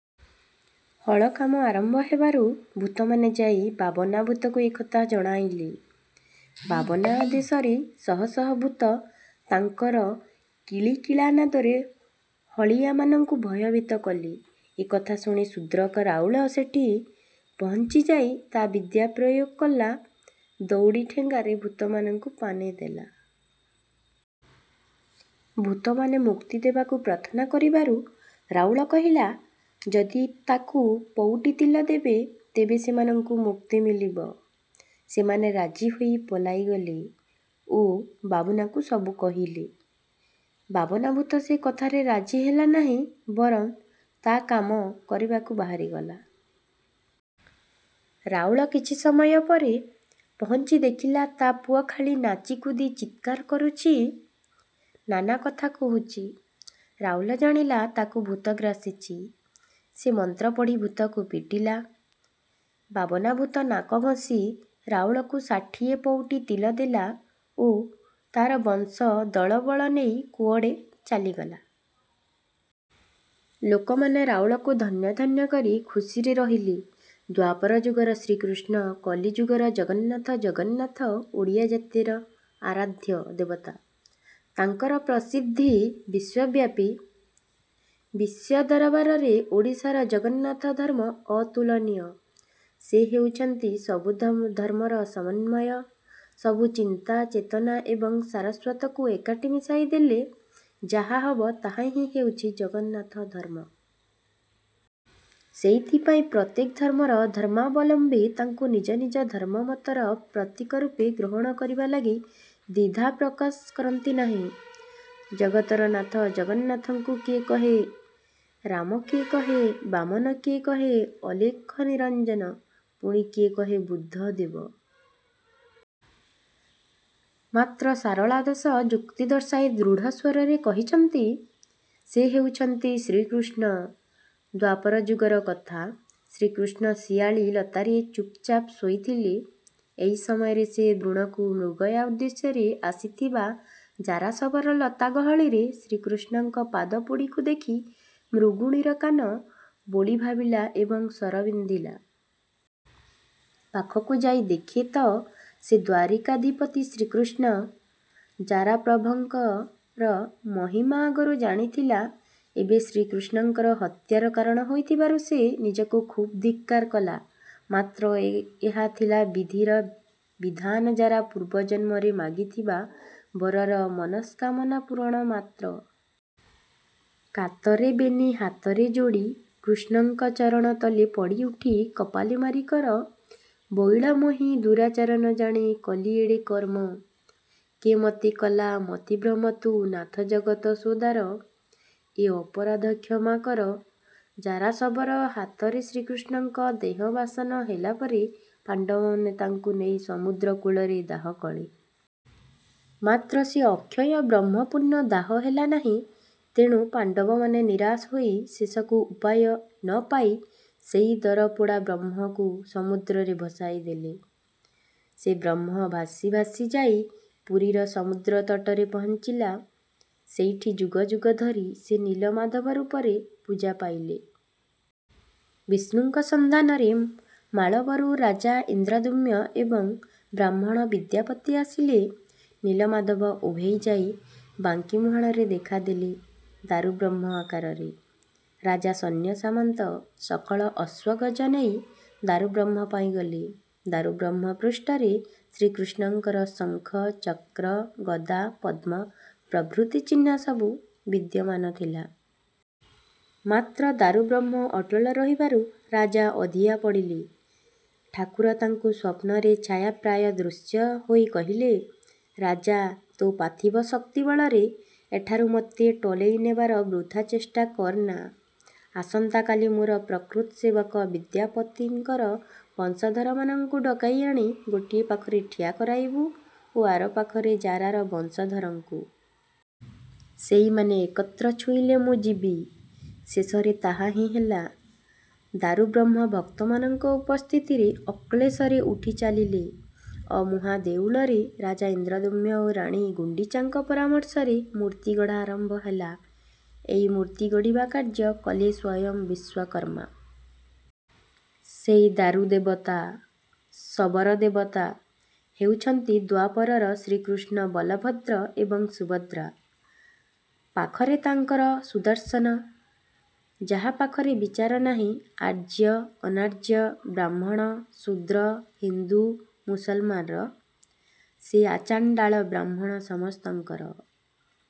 " ହଳ କାମ ଆରମ୍ଭ ହେବାରୁ ଭୁତମାନେ ଯାଇ ବାବନାଭୁତକୁ ଏକଥା ଜଣାଇଲେ। ବାବନା ଆଦେଶରେ ଶହ ଶହ ଭୁତ ତାଙ୍କର କିଳିକିଳା ନାଦରେ ହଳିଆମାନଙ୍କୁ ଭୟଭୀତ କଲେ। ଏକଥା ଶ୍ହୁଣି ଶୁଦ୍ରକ ରାଉଳ ସେଠି ପହଙ୍ଚିଯାଇ ତା ବିଦ୍ୟା ପ୍ରୟୋଗ କଲା, ଦଉଡି ଠେଙ୍ଗାରେ ଭୁତମାନଙ୍କୁ ପାନେ ଦେଲା। ଭୁତମାନେ ମୁକ୍ତିଦେବାକୁ ପ୍ରାର୍ଥନା କରିବାରୁ ରାଉଳ କହିଲା ଯଦି ତାକୁ ପଉଟି ତିଳ ଦେବେ, ତେବେ ସେମାନଙ୍କୁ ମୁକ୍ତି ମିଳିବ। ସେମାନେ ରାଜି ହୋଇ ପଳାଇଗଲେ ଓ ବାବନାକୁ ସବୁ କହିଲେ। ବାବନାଭୁତ ସେ କଥାରେ ରାଜି ହେଲାନାହିଁ, ବରଙ୍ଗ୍ ତା କାମ କରିବାକୁ ବାହାରି ଗଲା। ରାଉଳ କିଛି ସମୟପରେ ଘରେ ପହନ୍ଚି ଦେଖିଲା ତା ପୁଅ ଖାଲି ନାଚିକୁଦି ଚିତ୍କାର କରୁଛି, ନାନା କଥା କହୁଛି। ରାଉଳ ଜାଣିଲା ତାକୁ ଭୁତ ଗ୍ରାସିଛି। ସେ ମନ୍ତ୍ର ପଢ଼ି ଭୁତକୁ ପିଟିଲା। ବାବନାଭୁତ ନାକ ଘଷି ରାଉଳକୁ ଷାଠିଏ ପଉଟି ତିଳ ଦେଲା ଓ ତାର ବଂଶ ଦଳବଳ ନେଇ କୁଅଡେ ଚାଲିଗଲା। ଲୋକମାନେ ରାଉଳକୁ ଧନ୍ୟ ଧନ୍ୟ କରି ଖୁସିରେ ରହିଲେ। ଦ୍ୱାପର ଯୁଗର ଶ୍ରୀକୃଷ୍ଣ କଳିଯୁଗର ଜଗନ୍ନାଥ ଜଗନ୍ନାଥ ଓଡ଼ିଆ ଜାତିର ଆରାଧ୍ୟ ଦେବତା, ତାଙ୍କର ପ୍ରସିଦ୍ଧି ବିଶ୍ୱବ୍ୟାପୀ। ବିଶ୍ୱ ଦରବାରରେ ଓଡ଼ିଶାର ଜଗନ୍ନାଥ ଧର୍ମ ଅତୁଳନୀୟ, ସେ ହେଉଛନ୍ତି ସବୁ ଧର୍ମର ସମନ୍ୱୟ। ସବୁ ଚିନ୍ତା ଚେତନା ଏବଂ ସାରସ୍ୱତକୁ ଏକାଠି ମିଶାଇ ଦେଲେ ଯାହା ହେବ ତାହା ହିଁ ହେଉଛି ଜଗନ୍ନାଥ ଧର୍ମ। ସେଇଥି ପାଇଁ ପ୍ରତ୍ୟେକ ଧର୍ମର ଧର୍ମାବଲମ୍ବୀ ତାଙ୍କୁ ନିଜ ନିଜ ଧର୍ମମତର ପ୍ରତୀକ ରୂପେ ଗ୍ରହଣ କରିବା ଲାଗି ଦ୍ୱିଧା ପ୍ରକଶ କରନ୍ତି ନାହିଁ। ଜଗତର ନାଥ ଜଗନ୍ନାଥଙ୍କୁ କିଏ କହେ 'ରାମ' କିଏ କହେ 'ବାମନ' କିଏ କହେ 'ଅଲେଖ ନିରଞନ' ପୁଣି କିଏ କହେ 'ବୁଦ୍ଧଦେବ'। ମାତ୍ର ଶାରଳା ଦାସ ଯୁକ୍ତି ଦର୍ଶାଇ ଦ୍ରୁଢ ସ୍ୱରରେ କହିଛନ୍ତି, ସେ ହେଉଛନ୍ତି 'ଶ୍ରୀକୃଷ୍ଣ'। ଦ୍ୱାପର ଯୁଗର କଥା। ଶ୍ରୀକୃଷ୍ଣ ଶିଆଳି ଲତାରେ ଚୁପ ଚାପ ଶୋଇଥିଲେ। ଏଇ ସମୟରେ ସେ ବଣକୁ ମୃଗୟା ଉଦ୍ଦେଶ୍ୟରେ ଆସିଥିବା ଜାରାଶବର ଲତା ଗହଳିରେ ଶ୍ରୀକୃଷ୍ଣର ପାଦ ଯୋଡିକୁ ଦେଖି ମୃଗୁଣୀର କାନ ବୋଲି ଭାବିଲା ଏବଂ ଶର ବିନ୍ଧିଲା। ପାଖକୁ ଯାଇ ଦେଖେ ତ ସେ ଦ୍ୱାରିକାଧିପତି ଶ୍ରୀକୃଷ୍ଣ। ଜାରା ପ୍ରଭଙ୍କର ମହିମା ଆଗରୁ ଜାଣିଥିଲା, ଏବେ ଶ୍ରୀକୃଷ୍ଣଙ୍କର ହତ୍ୟାର କାରଣ ହୋଇଥିବାରୁ ସେ ନିଜକୁ ଖୁବ ଧିକ୍କାର କଲା। ମାତ୍ର ଏହା ଥିଲା ବିଧିର ବିଧାନ ଜାରା ପୁର୍ବ ଜନ୍ମରେ ମାଗିଥିବା ବରର ମନସ୍କାମନା ପୁରଣ ମାତ୍ର। "କାତରେ ବେନି ହାତ ଯୋଡି, କୃଷ୍ଣଙ୍କ ଚରଣ ତଳେ ପଡି ଉଠି କପାଳେ ମାରି କର, ବୋଲଇ ମୁହିଁ ଦୁରାଚାର ନ ଜାଣି କଲି ଏଡେ କର୍ମ, କେ ମତେ କଲା ମତିଭ୍ରମ ତୁ ନାଥ ଜଗତ ସୋଦର, ଏ ଅପରାଧ କ୍ଷମା କର" ଜାରାଶବର ହାତରେ ଶ୍ରୀକୃଷ୍ଣଙ୍କ ଦେହବସାନ ହେଲା ପରେ ପାଣ୍ଡବମାନେ ତାଙ୍କୁ ନେଇ ସମୁଦ୍ର କୁଳରେ ଦାହ କଲେ। ମାତ୍ର ସେ ଅକ୍ଷୟ ବ୍ରହ୍ମ ପୂର୍ଣ୍ଣ ଦାହ ହେଲା ନାହ୍ହି ତେଣୁ ପାଣ୍ଡବମାନେ ନିରାଶ ହୋଇ ଶେଷକୁ ଉପାୟ ନପାଇ ସେଇ ଦରପୋଡା ବ୍ରହ୍ମକୁ ସମୁଦ୍ରରେ ଭସାଇ ଦେଲେ। ସେ ବ୍ରହ୍ମ ଭାସି ଭାସି ଯାଇ ପୁରୀର ସମୁଦ୍ର ତଟରେ ପହନ୍ଚିଲା। ସେଇଠି ଯୁଗ ଯୁଗ ଧରି ସେ ନୀଳମାଧବ ରୁପରେ ପୂଜା ପାଇଲେ। ବିଷ୍ଣୁଙ୍କ ସନ୍ଧାନରେ ମାଳବରୁ ରାଜା ଇନ୍ଦ୍ରଦ୍ୟୁମ୍ନ ଏବଂ ବ୍ରାହ୍ମଣ ବିଦ୍ୟାପତି ଆସିଲେ। ନୀଳମାଧବ ଉଭେଇ ଯାଇ ବାଙ୍କି ମୁହାଣରେ ଦେଖା ଦେଲେ ଦାରୁବ୍ରହ୍ମ ଆକାରରେ। ରାଜା ସୈନ୍ୟସାମନ୍ତ, ସକଳ ଅଶ୍ୱ ଗଜ ନେଇ "ଦାରୁବ୍ରହ୍ମ" ପାଇଁ ଗଲେ। ଦାରୁବ୍ରହ୍ମ ପ୍ରୁଷ୍ଠରେ ଶ୍ରୀକୃଷ୍ଣଙ୍କର ଶଙ୍ଖ, ଚକ୍ର, ଗଦା, ପଦ୍ମ ପ୍ରଭୃତି ଚିହ୍ଣ ସବୁ ବିଦ୍ୟମାନ ଥିଲା। ମାତ୍ର ଦାରୁବ୍ରହ୍ମ ଅଟଳ ରହିବାରୁ ରାଜା ଅଧିଆ ପଡିଲେ। ଠାକୁର ତାଙ୍କୁ ସ୍ୱପ୍ନରେ ଛାୟାପ୍ରାୟ ଦୃଶ୍ୟ ହୋଇ କହିଲେ "ରାଜା, ତୋର ପାର୍ଥିବ ଶକ୍ତି ବଳରେ ଏଠାରୁ ମୋତେ ଟଳେଇ ନେବାର ବୃଥା ଚେଷ୍ଟା କରନା। ଆସନ୍ତା କାଲି ମୋର ପ୍ରକୃତ ସେବକ ବିଦ୍ୟାପତିଙ୍କର ବଂଶଧରମାନଙ୍କୁ ଡକେଇ ଆଣି ଗୋଟିଏ ପାଖରେ ଠିଆ କରାଇବୁ ଓ ଆର ପାଖରେ ଜାରାର ବଂଶଧରଙ୍କୁ। ସେଇମାନେ ଏକତ୍ର ଛୁଇଁଲେ ମୁଁ ଯିବି"। ଶେଷରେ ତାହା ହି ହେଲା। ଦାରୁବ୍ରହ୍ମ ଭକ୍ତମାନଙ୍କ ଉପସ୍ଥିତିରେ ଅକ୍ଳେଶରେ ଉଠି ଚାଲିଲେ। ଅମୁହାଁ ଦେଉଳରେ ରାଜା ଇନ୍ଦ୍ରଦ୍ୟୁମ୍ନ ଓ ରାଣୀ ଗୁଣ୍ଡିଚାଙ୍କ ପରାମର୍ଶରେ ମୂର୍ତ୍ତୀଗଢା ଆରମ୍ଭ ହେଲା। ଏଇ ମୂର୍ତ୍ତୀ ଗଢିବା କାର୍ଯ଼୍ୟ କଲେ ସ୍ୱୟଂ ବିଶ୍ୱକର୍ମା। ସେଇ ଦାରୁ ଦେବତା।।। ଶବର ଦେବତା।।। ହେଉଛନ୍ତି ଦ୍ୱାପରର ଶ୍ରୀକୃଷ୍ଣ ବଳଭଦ୍ର ଏବଂ ସୁଭଦ୍ରା! ପାଖରେ ତାଙ୍କର ସୁଦର୍ଶନ। ଯାହା ପାଖରେ ବିଚାର ନାହିଁ ଆର୍ଯ଼୍ୟ, ଅନାର୍ଯ଼୍ୟ, ବ୍ରାହ୍ମଣ, ଶୁଦ୍ର, ହିନ୍ଦୁ, ମୁସଲମାନର। ସେ ଆଚାଣ୍ଡାଳ ବ୍ରାହ୍ମଣ ସମସ୍ତଙ୍କର।